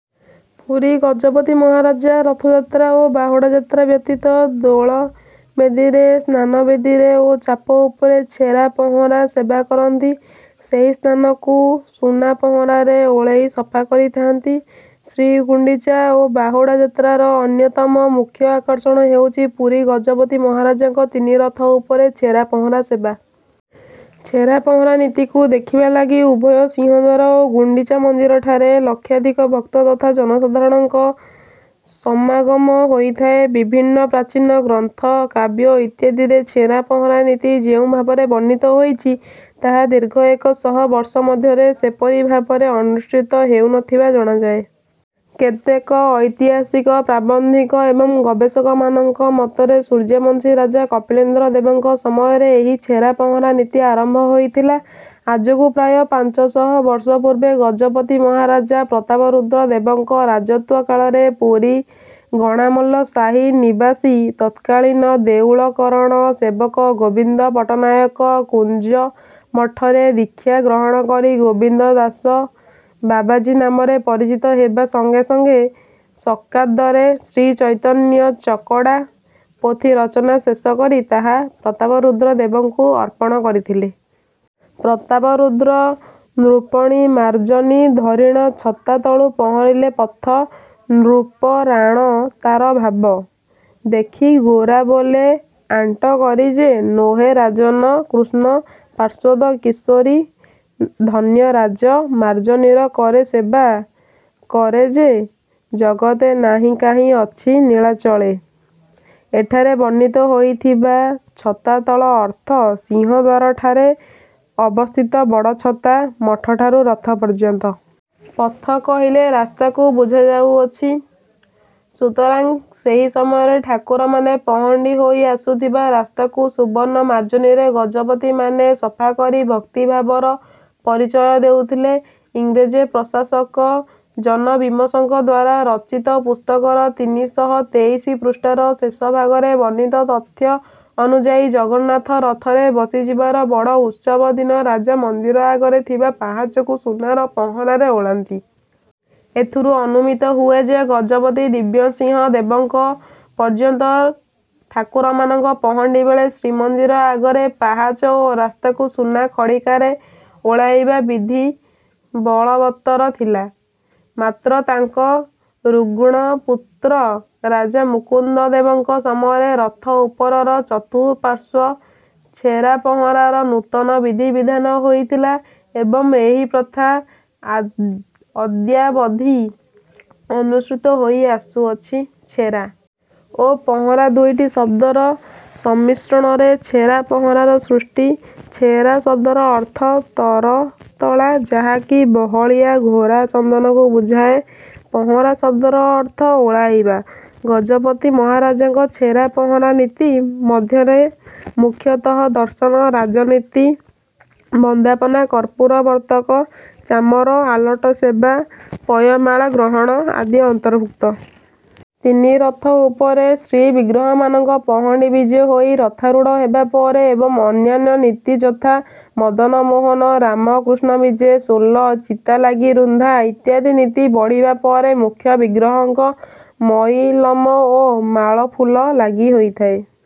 ପୁରୀ ଗଜପତି ମହାରାଜା ରଥଯାତ୍ରା ଓ ବାହୁଡ଼ା ଯାତ୍ରା ବ୍ୟତୀତ ଦୋଳବେଦୀରେ, ସ୍ନାନବେଦୀରେ ଓ ଚାପ ଉପରେ ଛେରା ପହଁରା ସେବା କରନ୍ତି। ସେହି ସ୍ଥାନକୁ ସୁନା ପହଁରାରେ ଓଳେଇ ସଫା କରିଥାନ୍ତି। ଶ୍ରୀଗୁଣ୍ଡିଚା ଓ ବାହୁଡ଼ା ଯାତ୍ରାର ଅନ୍ୟତମ ମୁଖ୍ୟ ଆକର୍ଷଣ ହେଉଛି ପୁରୀ ଗଜପତି ମହାରାଜାଙ୍କ ତିନି ରଥ ଉପରେ ଛେରା ପହଁରା ସେବା। ଛେରା ପହଁରା ନୀତିକୁ ଦେଖିବା ଲାଗି ଉଭୟ ସିଂହଦ୍ୱାର ଓ ଗୁଣ୍ଡିଚା ମନ୍ଦିରଠାରେ ଲକ୍ଷାଧିକ ଭକ୍ତ ତଥା ଜନସାଧାରଣଙ୍କ ସମାଗମ ହୋଇଥାଏ। ବିଭିନ୍ନ ପ୍ରାଚୀନ ଗ୍ରନ୍ଥ, କାବ୍ୟ ଇତ୍ୟାଦିରେ ଛେରା ପହଁରା ନୀତି ଯେଉଁ ଭାବରେ ବର୍ଣ୍ଣିତ ହୋଇଛି ତାହା ଦୀର୍ଘ ଏକ ଶହ ବର୍ଷ ମଧ୍ୟରେ ସେପରି ଭାବରେ ଅନୁଷ୍ଠିତ ହେଉନଥିବା ଜଣାଯାଏ। କେତେକ ଐତିହାସିକ, ପ୍ରାବନ୍ଧିକ ଏବଂ ଗବେଷକମାନଙ୍କ ମତରେ ସୂର୍ଯ୍ୟବଂଶୀ ରାଜା କପିଳେନ୍ଦ୍ର ଦେବଙ୍କ ସମୟରେ ଏହି ଛେରା ପହଁରା ନୀତି ଆରମ୍ଭ ହୋଇଥିଲା। ଆଜକୁ ପ୍ରାୟ ପାଞ୍ଚ ଶହ ବର୍ଷ ପୂର୍ବେ ଗଜପତି ମହାରାଜା ପ୍ରତାପରୁଦ୍ର ଦେବଙ୍କ ରାଜତ୍ୱ କାଳରେ ପୁରୀ ଗଣାମଲ୍ଲ ସାହି ନିବାସୀ ତତ୍କାଳୀନ ଦେଉଳକରଣ ସେବକ ଗୋବିନ୍ଦ ପଟ୍ଟନାୟକ କୁଞ୍ଜ ମଠରେ ଦୀକ୍ଷା ଗ୍ରହଣ କରି ଗୋବିନ୍ଦ ଦାସ ବାବାଜୀ ନାମରେ ପରିଚିତ ହେବା ସଙ୍ଗେ ସଙ୍ଗେ ଶକାବ୍ଦରେ ଶ୍ରୀଚୈତନ୍ୟ ଚକଡ଼ା ପୋଥି ରଚନା ଶେଷ କରି ତାହା ପ୍ରତାପରୁଦ୍ର ଦେବଙ୍କୁ ଅର୍ପଣ କରିଥିଲେ। ପ୍ରତାପରୁଦ୍ର ନୃପଣି ମାର୍ଜନୀ ଧରିଣ ଛତା ତଳୁ ପହଁରିଲେ ପଥ ନୃପରାଣତାର ଭାବ ଦେଖି ଗୋରା ବୋଲେ ଆଣ୍ଟ କରିଯେ ନୋହେ ରାଜନ କୃଷ୍ଣ ପାର୍ଶ୍ୱଦ କିଶୋରୀ ଧନ୍ୟ ରାଜ ମାର୍ଜନୀର କରେ ସେବା କରେଯେ ଜଗତେ ନାହିଁ କାହିଁ ଅଛି ନୀଳାଚଳେ। ଏଠାରେ ବର୍ଣ୍ଣିତ ହୋଇଥିବା ଛତା ତଳ ଅର୍ଥ ସିଂହଦ୍ୱାରଠାରେ ଅବସ୍ଥିତ ବଡ଼ଛତା ମଠଠାରୁ ରଥ ପର୍ଯ୍ୟନ୍ତ। ପଥ କହିଲେ ରାସ୍ତାକୁ ବୁଝାଯାଉଅଛି। ସୁତରାଂ ସେହି ସମୟରେ ଠାକୁରମାନେ ପହଣ୍ଡି ହୋଇ ଆସୁଥିବା ରାସ୍ତାକୁ ସୁବର୍ଣ୍ଣ ମାର୍ଜନୀରେ ଗଜପତିମାନେ ସଫା କରି ଭକ୍ତିଭାବର ପରିଚୟ ଦେଉଥିଲେ। ଇଂରେଜ ପ୍ରଶାସକ ଜନ ବିମସଙ୍କ ଦ୍ୱାରା ରଚିତ ପୁସ୍ତକର ତିନି ଶହ ତେଇଶି ପୃଷ୍ଠାର ଶେଷଭାଗରେ ବର୍ଣ୍ଣିତ ତଥ୍ୟ ଅନୁଯାୟୀ, ଜଗନ୍ନାଥ ରଥରେ ବସିଯିବାର ବଡ଼ ଉତ୍ସବ ଦିନ ରାଜା ମନ୍ଦିର ଆଗରେ ଥିବା ପାହାଚକୁ ସୁନାର ପହଁରାରେ ଓଳାନ୍ତି। ଏଥିରୁ ଅନୁମିତ ହୁଏ ଯେ, ଗଜପତି ଦିବ୍ୟସିଂହ ଦେବଙ୍କ ପର୍ଯ୍ୟନ୍ତ ଠାକୁରମାନଙ୍କ ପହଣ୍ଡି ବେଳେ ଶ୍ରୀମନ୍ଦିର ଆଗରେ ପାହାଚ ଓ ରାସ୍ତାକୁ ସୁନା ଖଡ଼ିକାରେ ଓଳାଇବା ବିଧି ବଳବତ୍ତର ଥିଲା। ମାତ୍ର ତାଙ୍କ ରୁଗ୍ଣ ପୁତ୍ର ରାଜା ମୁକୁନ୍ଦ ଦେବଙ୍କ ସମୟରେ ରଥ ଉପରର ଚତୁଃପାର୍ଶ୍ୱ ଛେରା ପହଁରାର ନୂତନ ବିଧି ବିଧାନ ହୋଇଥିଲା ଏବଂ ଏହି ପ୍ରଥା ଆଦ୍ ଅଦ୍ୟାବଧି ଅନୁସୃତ ହୋଇ ଆସୁଅଛି। ଛେରା ଓ ପହଁରା ଦୁଇଟି ଶବ୍ଦର ସମ୍ମିଶ୍ରଣରେ ଛେରା ପହଁରାର ସୃଷ୍ଟି। ଛେରା ଶବ୍ଦର ଅର୍ଥ ତରତଳା, ଯାହାକି ବହଳିଆ ଘୋରା ଚନ୍ଦନକୁ ବୁଝାଏ। ପହଁରା ଶବ୍ଦର ଅର୍ଥ ଓଳାଇବା। ଗଜପତି ମହାରାଜାଙ୍କ ଛେରା ପହଁରା ନୀତି ମଧ୍ୟରେ ମୁଖ୍ୟତଃ ଦର୍ଶନ, ରାଜନୀତି, ବନ୍ଦାପନା, କର୍ପୂର ବର୍ତ୍ତକ, ଚାମର, ଆଲଟ ସେବା, ପୟମାଳା ଗ୍ରହଣ ଆଦି ଅନ୍ତର୍ଭୁକ୍ତ। ତିନି ରଥ ଉପରେ ଶ୍ରୀବିଗ୍ରହମାନଙ୍କ ପହଣ୍ଡି ବିଜେ ହୋଇ ରଥାରୁଢ଼ ହେବାପରେ ଏବଂ ଅନ୍ୟାନ୍ୟ ନୀତି ଯଥା ମଦନମୋହନ, ରାମ, କୃଷ୍ଣ ବିଜେ, ସୋଲ, ଚିତା ଲାଗି ରୁନ୍ଧା ଇତ୍ୟାଦି ନୀତି ବଢ଼ିବା ପରେ ମୁଖ୍ୟ ବିଗ୍ରହଙ୍କ ମଇଲମ ଓ ମାଳଫୁଲ ଲାଗି ହୋଇଥାଏ।